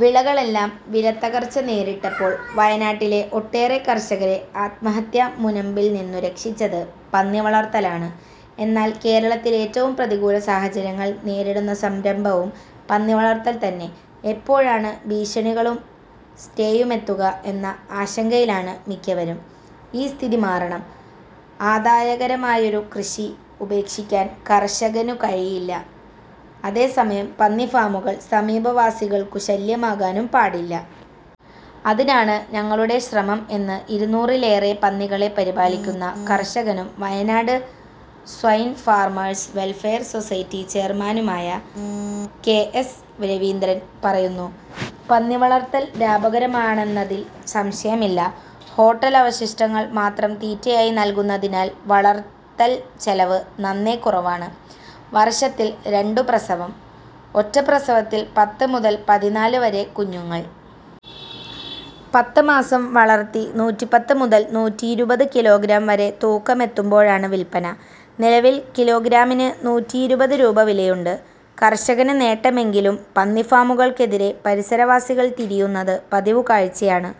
വിളകളെല്ലാം വിലത്തകർച്ച നേരിട്ടപ്പോൾ വയനാട്ടിലെ ഒട്ടേറെ കർഷകരെ ആത്മഹത്യാമുനമ്പിൽനിന്നു രക്ഷിച്ചത് പന്നിവളർത്തലാണ്. എന്നാൽ കേരളത്തിലേറ്റവും പ്രതികൂല സാഹചര്യങ്ങൾ നേരിടുന്ന സംരംഭവും പന്നിവളർത്തൽ തന്നെ. എപ്പോഴാണ് ഭീഷണികളും സ്റ്റേയുമെത്തുക എന്ന ആശങ്കയിലാണ് മിക്കവരും. ഈ സ്ഥിതി മാറണം. ആദായകരമായൊരു കൃഷി ഉപേക്ഷിക്കാൻ കർഷകനു കഴിയില്ല. അതേസമയം പന്നിഫാമുകൾ സമീപവാസികൾക്കു ശല്യമാകാനും പാടില്ല. അതിനാണ് ഞങ്ങളുടെ ശ്രമം എന്ന് ഇരുനൂറിലേറെ പന്നികളെ പരിപാലിക്കുന്ന കർഷകനും Wayanad swine farmers welfare society ചെയർമാനുമായ കെ എസ് രവീന്ദ്രൻ പറയുന്നു. പന്നിവളർത്തൽ ലാഭകരമാണെന്നതിൽ സംശയമില്ല. ഹോട്ടലവശിഷ്ടങ്ങൾ മാത്രം തീറ്റയായി നൽകുന്നതിനാൽ വളർത്തൽച്ചെലവ് നന്നേ കുറവാണ്. വർഷത്തിൽ രണ്ടു പ്രസവം. ഒറ്റ പ്രസവത്തിൽ പത്ത് മുതൽ പതിനാല് വരെ കുഞ്ഞുങ്ങൾ. പത്ത് മാസം വളർത്തി നൂറ്റിപ്പത്ത് മുതൽ നൂറ്റിയിരുപത് കിലോഗ്രാം വരെ തൂക്കമെത്തുമ്പോഴാണ് വിൽപന. നിലവിൽ കിലോഗ്രാമിന് നൂറ്റിയിരുപത് രൂപ വിലയുണ്ട്. കർഷകന് നേട്ടമെങ്കിലും പന്നിഫാമുകൾക്കെതിരെ പരിസരവാസികൾ തിരിയുന്നത് പതിവുകാഴ്ചയാണ്.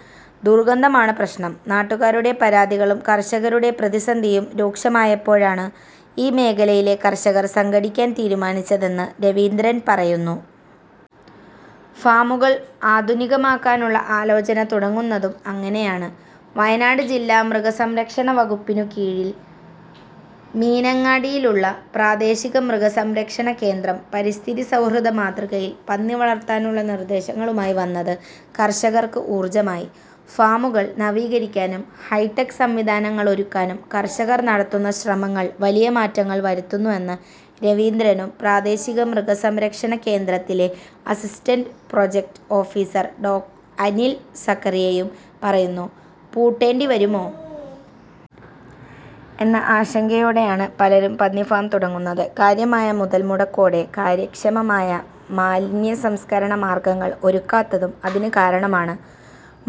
ദുർഗന്ധമാണ് പ്രശ്നം. നാട്ടുകാരുടെ പരാതികളും കർഷകരുടെ പ്രതിസന്ധിയും രൂക്ഷമായപ്പോഴാണ് ഈ മേഖലയിലെ കർഷകർ സംഘടിക്കാൻ തീരുമാനിച്ചതെന്ന് രവീന്ദ്രൻ പറയുന്നു. ഫാമുകൾ ആധുനികമാക്കാനുള്ള ആലോചന തുടങ്ങുന്നതും അങ്ങനെയാണ്. വയനാട് ജില്ലാ മൃഗസംരക്ഷണവകുപ്പിനു കീഴിൽ മീനങ്ങാടിയിലുള്ള പ്രാദേശിക മൃഗസംരക്ഷണകേന്ദ്രം പരിസ്ഥിതി സൗഹൃദ മാതൃകയിൽ പന്നിവളർത്താനുള്ള നിർദേശങ്ങളുമായി വന്നത് കർഷകർക്ക് ഊർജമായി. ഫാമുകൾ നവീകരിക്കാനും ഹൈടെക് സംവിധാനങ്ങളൊരുക്കാനും കർഷകർ നടത്തുന്ന ശ്രമങ്ങൾ വലിയ മാറ്റങ്ങൾ വരുത്തുന്നുവെന്ന് രവീന്ദ്രനും പ്രാദേശിക മൃഗസംരക്ഷണകേന്ദ്രത്തിലെ അസിസ്റ്റന്റ് പ്രോജക്ട് ഓഫീസർ ഡോ അനിൽ സഖറിയയും പറയുന്നു. പൂട്ടേണ്ടിവരുമോ എന്ന ആശങ്കയോടെയാണ് പലരും പന്നിഫാം തുടങ്ങുന്നത്. കാര്യമായ മുതൽമുടക്കോടെ കാര്യക്ഷമമായ മാലിന്യസംസ്കരണ മാർഗങ്ങൾ ഒരുക്കാത്തതും അതിന് കാരണമാണ്.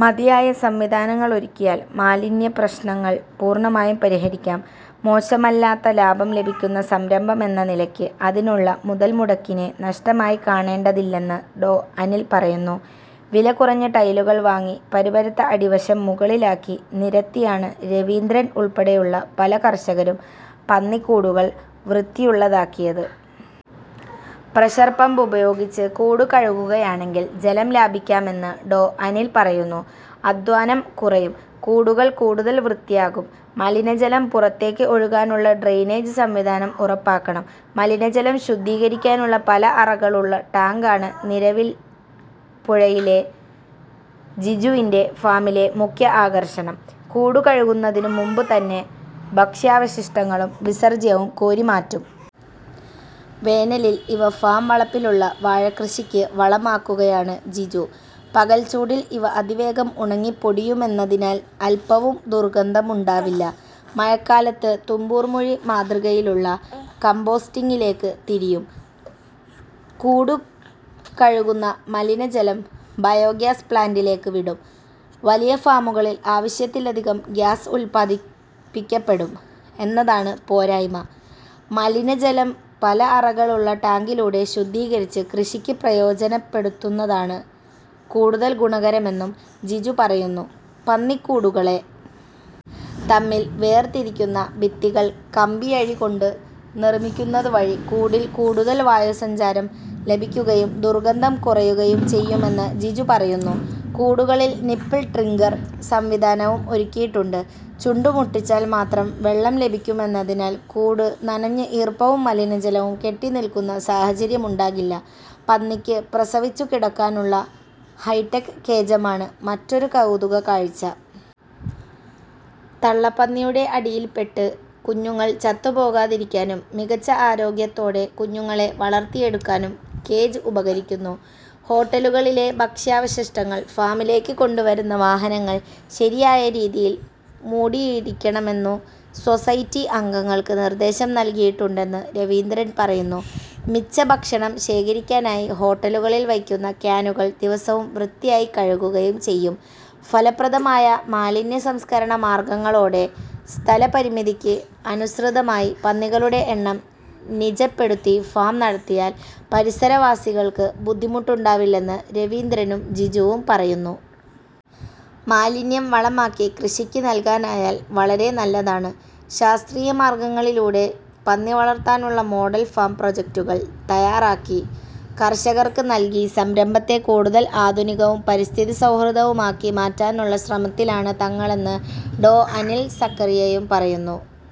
മതിയായ സംവിധാനങ്ങളൊരുക്കിയാൽ മാലിന്യ പ്രശ്നങ്ങൾ പൂർണമായും പരിഹരിക്കാം. മോശമല്ലാത്ത ലാഭം ലഭിക്കുന്ന സംരംഭമെന്ന നിലയ്ക്ക് അതിനുള്ള മുതൽമുടക്കിനെ നഷ്ടമായി കാണേണ്ടതില്ലെന്ന് ഡോ അനിൽ പറയുന്നു. വില കുറഞ്ഞ ടൈലുകൾ വാങ്ങി പരുപരുത്ത അടിവശം മുകളിലാക്കി നിരത്തിയാണ് രവീന്ദ്രൻ ഉൾപ്പെടെയുള്ള പല കർഷകരും പന്നിക്കൂടുകൾ വൃത്തിയുള്ളതാക്കിയത്. പ്രഷർ പമ്പ് ഉപയോഗിച്ച് കൂട് കഴുകുകയാണെങ്കിൽ ജലം ലാഭിക്കാമെന്ന് ഡോ അനിൽ പറയുന്നു. അധ്വാനം കുറയും. കൂടുകൾ കൂടുതൽ വൃത്തിയാകും. മലിനജലം പുറത്തേക്ക് ഒഴുകാനുള്ള ഡ്രെയിനേജ് സംവിധാനം ഉറപ്പാക്കണം. മലിനജലം ശുദ്ധീകരിക്കാനുള്ള പല അറകളുള്ള ടാങ്കാണ് നിരവിൽപ്പുഴയിലെ ജിജുവിന്റെ ഫാമിലെ മുഖ്യ ആകർഷണം. കൂടു കഴുകുന്നതിനു മുമ്പുതന്നെ ഭക്ഷ്യാവശിഷ്ടങ്ങളും വിസർജ്യവും കോരി മാറ്റും. വേനലിൽ ഇവ ഫാം വളപ്പിലുള്ള വാഴക്കൃഷിക്ക് വളമാക്കുകയാണ് ജിജു. പകൽച്ചൂടിൽ ഇവ അതിവേഗം ഉണങ്ങിപ്പൊടിയുമെന്നതിനാൽ അൽപവും ദുർഗന്ധമുണ്ടാവില്ല. മഴക്കാലത്ത് തുമ്പൂർമുഴി മാതൃകയിലുള്ള കമ്പോസ്റ്റിങ്ങിലേക്ക് തിരിയും. കൂടു കഴുകുന്ന മലിനജലം ബയോഗ്യാസ് പ്ലാന്റിലേക്ക് വിടും. വലിയ ഫാമുകളിൽ ആവശ്യത്തിലധികം ഗ്യാസ് ഉൽപാദിപ്പിക്കപ്പെടും എന്നതാണ് പോരായ്മ. മലിനജലം പല അറകളുള്ള ടാങ്കിലൂടെ ശുദ്ധീകരിച്ച് കൃഷിക്ക് പ്രയോജനപ്പെടുത്തുന്നതാണ് കൂടുതൽ ഗുണകരമെന്നും ജിജു പറയുന്നു. പന്നിക്കൂടുകളെ തമ്മിൽ വേർതിരിക്കുന്ന ഭിത്തികൾ കമ്പിയഴികൊണ്ട് നിർമിക്കുന്നതുവഴി കൂടിൽ കൂടുതൽ വായുസഞ്ചാരം ലഭിക്കുകയും ദുർഗന്ധം കുറയുകയും ചെയ്യുമെന്ന് ജിജു പറയുന്നു. കൂടുകളിൽ നിപ്പിൾ ഡ്രിങ്കർ സംവിധാനവും ഒരുക്കിയിട്ടുണ്ട്. ചുണ്ടുമുട്ടിച്ചാൽ മാത്രം വെള്ളം ലഭിക്കുമെന്നതിനാൽ കൂട് നനഞ്ഞ് ഈർപ്പവും മലിനജലവും കെട്ടിനിൽക്കുന്ന സാഹചര്യമുണ്ടാകില്ല. പന്നിക്ക് പ്രസവിച്ചു കിടക്കാനുള്ള ഹൈടെക് കേജാണ് മറ്റൊരു കൗതുകക്കാഴ്ച. തള്ളപ്പന്നിയുടെ അടിയിൽപ്പെട്ട് കുഞ്ഞുങ്ങൾ ചത്തുപോകാതിരിക്കാനും മികച്ച ആരോഗ്യത്തോടെ കുഞ്ഞുങ്ങളെ വളർത്തിയെടുക്കാനും കേജ് ഉപകരിക്കുന്നു. ഹോട്ടലുകളിലെ ഭക്ഷ്യാവശിഷ്ടങ്ങൾ ഫാമിലേക്ക് കൊണ്ടുവരുന്ന വാഹനങ്ങൾ ശരിയായ രീതിയിൽ മൂടിയിരിക്കണമെന്നു സൊസൈറ്റി അംഗങ്ങൾക്ക് നിർദേശം നൽകിയിട്ടുണ്ടെന്ന് രവീന്ദ്രൻ പറയുന്നു. മിച്ചഭക്ഷണം ശേഖരിക്കാനായി ഹോട്ടലുകളിൽ വയ്ക്കുന്ന ക്യാനുകൾ ദിവസവും വൃത്തിയായി കഴുകുകയും ചെയ്യും. ഫലപ്രദമായ മാലിന്യസംസ്കരണ മാർഗങ്ങളോടെ സ്ഥലപരിമിതിക്ക് അനുസൃതമായി പന്നികളുടെ എണ്ണം നിജപ്പെടുത്തി ഫാം നടത്തിയാൽ പരിസരവാസികൾക്ക് ബുദ്ധിമുട്ടുണ്ടാവില്ലെന്ന് രവീന്ദ്രനും ജിജുവും പറയുന്നു. മാലിന്യം വളമാക്കി കൃഷിക്ക് നൽകാനായാൽ വളരെ നല്ലതാണ്. ശാസ്ത്രീയ മാർഗങ്ങളിലൂടെ പന്നിവളർത്താനുള്ള മോഡൽ ഫാം പ്രോജക്ടുകൾ തയാറാക്കി കർഷകർക്ക് നൽകി സംരംഭത്തെ കൂടുതൽ ആധുനികവും പരിസ്ഥിതി സൗഹൃദവുമാക്കി മാറ്റാനുള്ള ശ്രമത്തിലാണ് തങ്ങളെന്ന് ഡോ അനിൽ സഖറിയയും പറയുന്നു.